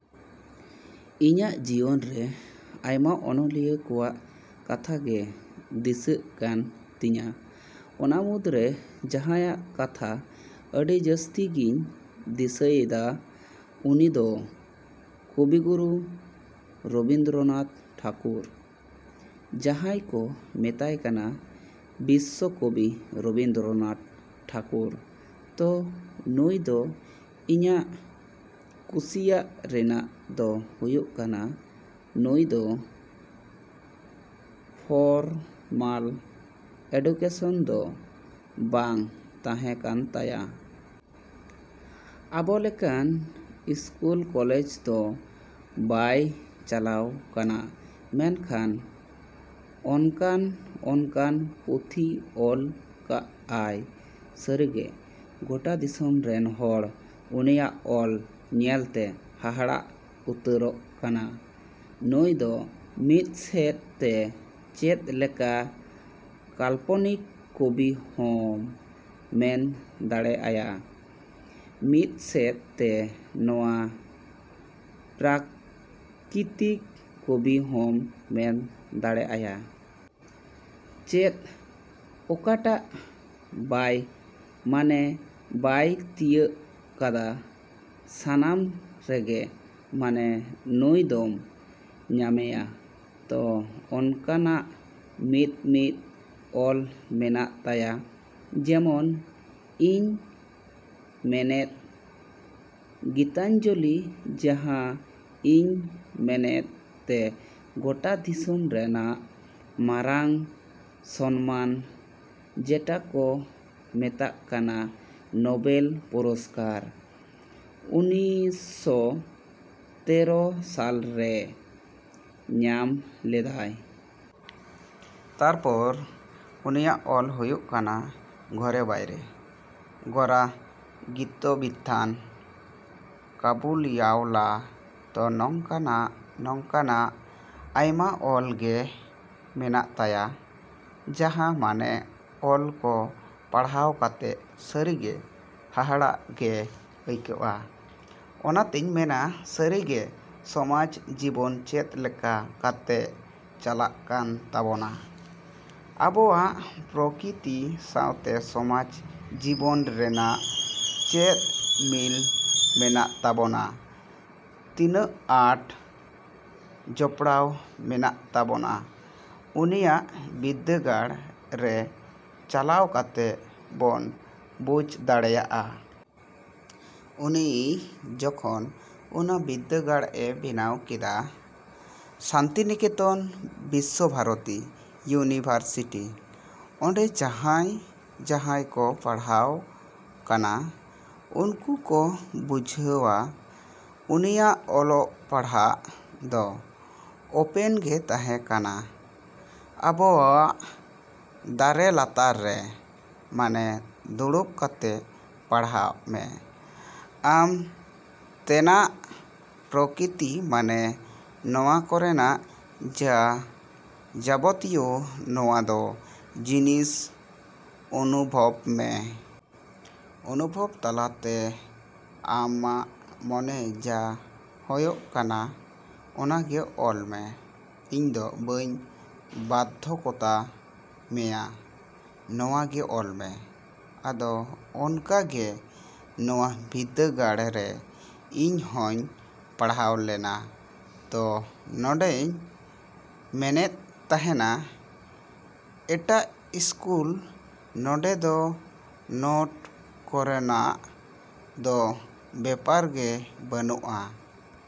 ᱤᱧᱟᱜ ᱡᱤᱭᱚᱱ ᱨᱮ ᱟᱭᱢᱟ ᱚᱱᱚᱞᱤᱭᱟᱹ ᱠᱚᱣᱟᱜ ᱠᱟᱛᱷᱟ ᱜᱮ ᱫᱤᱥᱟᱹᱜ ᱠᱟᱱ ᱛᱤᱧᱟ᱾ ᱚᱱᱟ ᱢᱩᱫᱽᱨᱮ ᱡᱟᱸᱦᱟᱭᱟᱜ ᱠᱟᱛᱷᱟ ᱟᱹᱰᱤ ᱡᱟᱹᱥᱛᱤ ᱜᱤᱧ ᱫᱤᱥᱟᱹᱭᱮᱫᱟ ᱩᱱᱤ ᱫᱚ ᱠᱚᱵᱤᱜᱩᱨᱩ ᱨᱚᱵᱤᱱᱫᱽᱨᱚᱱᱟᱛᱷ ᱴᱷᱟᱠᱩᱨ, ᱡᱟᱸᱦᱟᱭ ᱠᱚ ᱢᱮᱛᱟᱭ ᱠᱟᱱᱟ ᱵᱤᱥᱥᱚ ᱠᱚᱵᱤ ᱨᱚᱵᱤᱱᱫᱽᱨᱚᱱᱟᱛᱷ ᱴᱷᱟᱠᱩᱨ᱾ ᱛᱚ ᱱᱩᱭ ᱫᱚ ᱤᱧᱟᱜ ᱠᱩᱥᱤᱭᱟᱜ ᱨᱮᱱᱟᱜ ᱫᱚ ᱦᱩᱭᱩᱜ ᱠᱟᱱᱟ ᱱᱩᱭ ᱫᱚ ᱯᱷᱚᱨᱢᱟᱞ ᱮᱰᱩᱠᱮᱥᱚᱱ ᱫᱚ ᱵᱟᱝ ᱛᱟᱸᱦᱮ ᱠᱟᱱ ᱛᱟᱭᱟ᱾ ᱟᱵᱚ ᱞᱮᱠᱟ ᱤᱥᱠᱩᱞ ᱠᱚᱞᱮᱡ ᱫᱚ ᱵᱟᱭ ᱪᱟᱞᱟᱣ ᱠᱟᱱᱟ ᱢᱮᱱᱠᱷᱟᱱ ᱚᱱᱠᱟᱱ ᱚᱱᱠᱟᱱ ᱯᱩᱛᱷᱤ ᱚᱞ ᱠᱟᱜ ᱟᱭ ᱥᱟᱹᱨᱤᱜᱮ ᱜᱚᱴᱟ ᱫᱤᱥᱚᱢ ᱨᱮᱱ ᱦᱚᱲ ᱩᱱᱤᱭᱟᱜ ᱚᱞ ᱧᱮᱞᱛᱮ ᱦᱟᱦᱟᱲᱟᱜ ᱩᱛᱟᱹᱨᱚᱜ ᱠᱟᱱᱟ᱾ ᱱᱩᱭ ᱫᱚ ᱢᱤᱫ ᱥᱮᱫ ᱛᱮ ᱪᱮᱫ ᱞᱮᱠᱟ ᱠᱟᱞᱯᱚᱱᱤᱠ ᱠᱚᱵᱤ ᱦᱚᱸᱢ ᱢᱮᱱ ᱫᱟᱲᱮ ᱟᱭᱟ, ᱢᱤᱫ ᱥᱮᱫ ᱛᱮ ᱱᱚᱣᱟ ᱯᱨᱟᱠᱤᱛᱤᱠ ᱠᱚᱵᱤ ᱦᱚᱢ ᱢᱮᱱ ᱫᱟᱲᱮ ᱟᱭᱟ᱾ ᱪᱮᱫ ᱚᱠᱟ ᱴᱟᱜ ᱵᱟᱭ ᱢᱟᱱᱮ ᱵᱟᱭ ᱛᱤᱭᱟᱹᱜ ᱠᱟᱫᱟ, ᱥᱟᱱᱟᱢ ᱨᱮᱜᱮ ᱢᱟᱱᱮ ᱱᱩᱭ ᱫᱚᱢ ᱧᱟᱢᱮᱭᱟ᱾ ᱛᱚ ᱚᱱᱠᱟᱱᱟᱜ ᱢᱤᱫ ᱢᱤᱫ ᱚᱞ ᱢᱮᱱᱟᱜ ᱛᱟᱭᱟ ᱡᱮᱢᱚᱱ ᱤᱧ ᱢᱮᱱᱮᱫ ᱜᱤᱛᱟᱧᱡᱚᱞᱤ ᱡᱟᱸᱦᱟ ᱤᱧ ᱢᱮᱱᱮᱫ ᱛᱮ ᱜᱚᱴᱟ ᱫᱤᱥᱚᱢ ᱨᱮᱱᱟᱜ ᱢᱟᱨᱟᱝ ᱥᱚᱱᱢᱟᱱ ᱡᱮᱴᱟ ᱠᱚ ᱢᱮᱛᱟᱜ ᱠᱟᱱᱟ ᱱᱚᱵᱮᱞ ᱯᱩᱨᱚᱥᱠᱟᱨ ᱩᱱᱤᱥᱥᱚ ᱛᱮᱨᱚ ᱥᱟᱞ ᱨᱮ ᱧᱟᱢ ᱞᱮᱫᱟᱭ᱾ ᱛᱟᱨᱯᱚᱨ ᱩᱱᱤᱭᱟᱜ ᱚᱞ ᱦᱩᱭᱩᱜ ᱠᱟᱱᱟ ᱜᱷᱚᱨᱮ ᱵᱟᱭᱨᱮ, ᱜᱚᱨᱟ, ᱜᱤᱛᱚᱵᱤᱛᱷᱟᱱ, ᱠᱟᱵᱩᱞᱤᱣᱟᱞᱟ᱾ ᱛᱚ ᱱᱚᱝᱠᱟ ᱱᱟᱜ ᱱᱚᱝᱠᱟ ᱱᱟᱜ ᱟᱭᱢᱟ ᱚᱞ ᱜᱮ ᱢᱮᱱᱟᱜ ᱛᱟᱭᱟ ᱡᱟᱸᱦᱟ ᱢᱟᱱᱮ ᱚᱞ ᱠᱚ ᱯᱟᱲᱦᱟᱣ ᱠᱟᱛᱮᱜ ᱥᱟᱹᱨᱤ ᱜᱮ ᱦᱟᱦᱟᱲᱟᱜ ᱜᱮ ᱟᱹᱭᱠᱟᱹᱜᱼᱟ᱾ ᱚᱱᱟ ᱛᱤᱧ ᱢᱮᱱᱟ ᱥᱟᱹᱨᱤᱜᱮ ᱥᱚᱢᱟᱡᱽ ᱡᱤᱵᱚᱱ ᱪᱮᱫ ᱞᱮᱠᱟ ᱠᱟᱛᱮᱜ ᱪᱟᱞᱟᱜ ᱠᱟᱱ ᱛᱟᱵᱚᱱᱟ, ᱟᱵᱚᱣᱟᱜ ᱯᱨᱚᱠᱤᱛᱤ ᱥᱟᱶᱛᱮ ᱥᱚᱢᱟᱡᱽ ᱡᱤᱵᱚᱱ ᱨᱮᱭᱟᱜ ᱪᱮᱫ ᱢᱤᱞ ᱢᱮᱱᱟᱜ ᱛᱟᱵᱚᱱᱟ, ᱛᱤᱱᱟᱹᱜ ᱟᱸᱴ ᱡᱚᱯᱲᱟᱣ ᱢᱮᱱᱟᱜ ᱛᱟᱵᱚᱱᱟ ᱩᱱᱤᱭᱟᱜ ᱵᱤᱫᱽᱫᱟᱹᱜᱟᱲ ᱨᱮ ᱪᱟᱞᱟᱣ ᱠᱟᱛᱮᱜ ᱵᱚᱱ ᱵᱩᱡ ᱫᱟᱲᱮᱭᱟᱜᱼᱟ᱾ ᱩᱱᱤ ᱡᱚᱠᱷᱚᱱ ᱚᱱᱟ ᱵᱤᱫᱽᱫᱟᱹᱜᱟᱲ ᱮ ᱵᱮᱱᱟᱣ ᱠᱮᱫᱟ ᱥᱟᱱᱛᱤᱱᱤᱠᱮᱛᱚᱱ ᱵᱤᱥᱥᱚ ᱵᱷᱟᱨᱚᱛᱤ ᱤᱭᱩᱱᱤᱵᱷᱟᱨᱥᱤᱴᱤ, ᱚᱸᱰᱮ ᱡᱟᱸᱦᱟᱭ ᱡᱟᱸᱦᱟᱭ ᱠᱚ ᱯᱟᱲᱦᱟᱣ ᱠᱟᱱᱟ ᱩᱱᱠᱩ ᱠᱚ ᱵᱩᱡᱷᱟᱹᱣᱟ ᱩᱱᱤᱭᱟᱜ ᱚᱞᱚᱜ ᱯᱟᱲᱦᱟᱜ ᱫᱚ ᱚᱯᱮᱱ ᱜᱮ ᱛᱟᱸᱦᱮ ᱠᱟᱱᱟ ᱟᱵᱚᱣᱟᱜ ᱫᱟᱨᱮ ᱞᱟᱛᱟᱨ ᱨᱮ᱾ ᱢᱟᱱᱮ ᱫᱩᱲᱩᱵ ᱠᱟᱛᱮᱜ ᱯᱟᱲᱦᱟᱜ ᱢᱮ, ᱟᱢ ᱛᱮᱱᱟᱜ ᱯᱨᱚᱠᱤᱛᱤ ᱢᱟᱱᱮ ᱱᱚᱣᱟ ᱠᱚᱨᱮᱱᱟᱜ ᱡᱟ ᱡᱟᱵᱚᱛᱤᱭᱚ ᱱᱚᱣᱟ ᱫᱚ ᱡᱤᱱᱤᱥ ᱚᱱᱩᱵᱷᱚᱵ ᱢᱮ᱾ ᱚᱱᱩᱵᱷᱚᱵ ᱛᱟᱞᱟᱛᱮ ᱟᱢᱟᱜ ᱢᱚᱱᱮ ᱡᱟ ᱦᱚᱭᱚᱜ ᱠᱟᱱᱟ ᱚᱱᱟᱜᱮ ᱚᱞ ᱢᱮ, ᱤᱧ ᱫᱚ ᱵᱟᱹᱧ ᱵᱟᱫᱽᱫᱷᱚᱠᱚᱛᱟ ᱢᱮᱭᱟ ᱱᱚᱣᱟᱜᱮ ᱚᱞ ᱢᱮ᱾ ᱟᱫᱚ ᱚᱱᱠᱟ ᱜᱮ ᱱᱚᱣᱟ ᱵᱤᱫᱽᱫᱟᱹᱜᱟᱲ ᱨᱮ ᱤᱧ ᱦᱚᱧ ᱯᱟᱲᱦᱟᱣ ᱞᱮᱱᱟ᱾ ᱛᱚ ᱱᱚᱰᱮᱧ ᱢᱮᱱᱮᱫ ᱛᱟᱸᱦᱮᱱᱟ ᱮᱴᱟᱜ ᱤᱥᱠᱩᱞ ᱱᱚᱰᱮ ᱫᱚ ᱱᱚᱴ ᱠᱚᱨᱮᱱᱟᱜ ᱫᱚ ᱵᱮᱯᱟᱨ ᱜᱮ ᱵᱟᱹᱱᱩᱜᱼᱟ᱾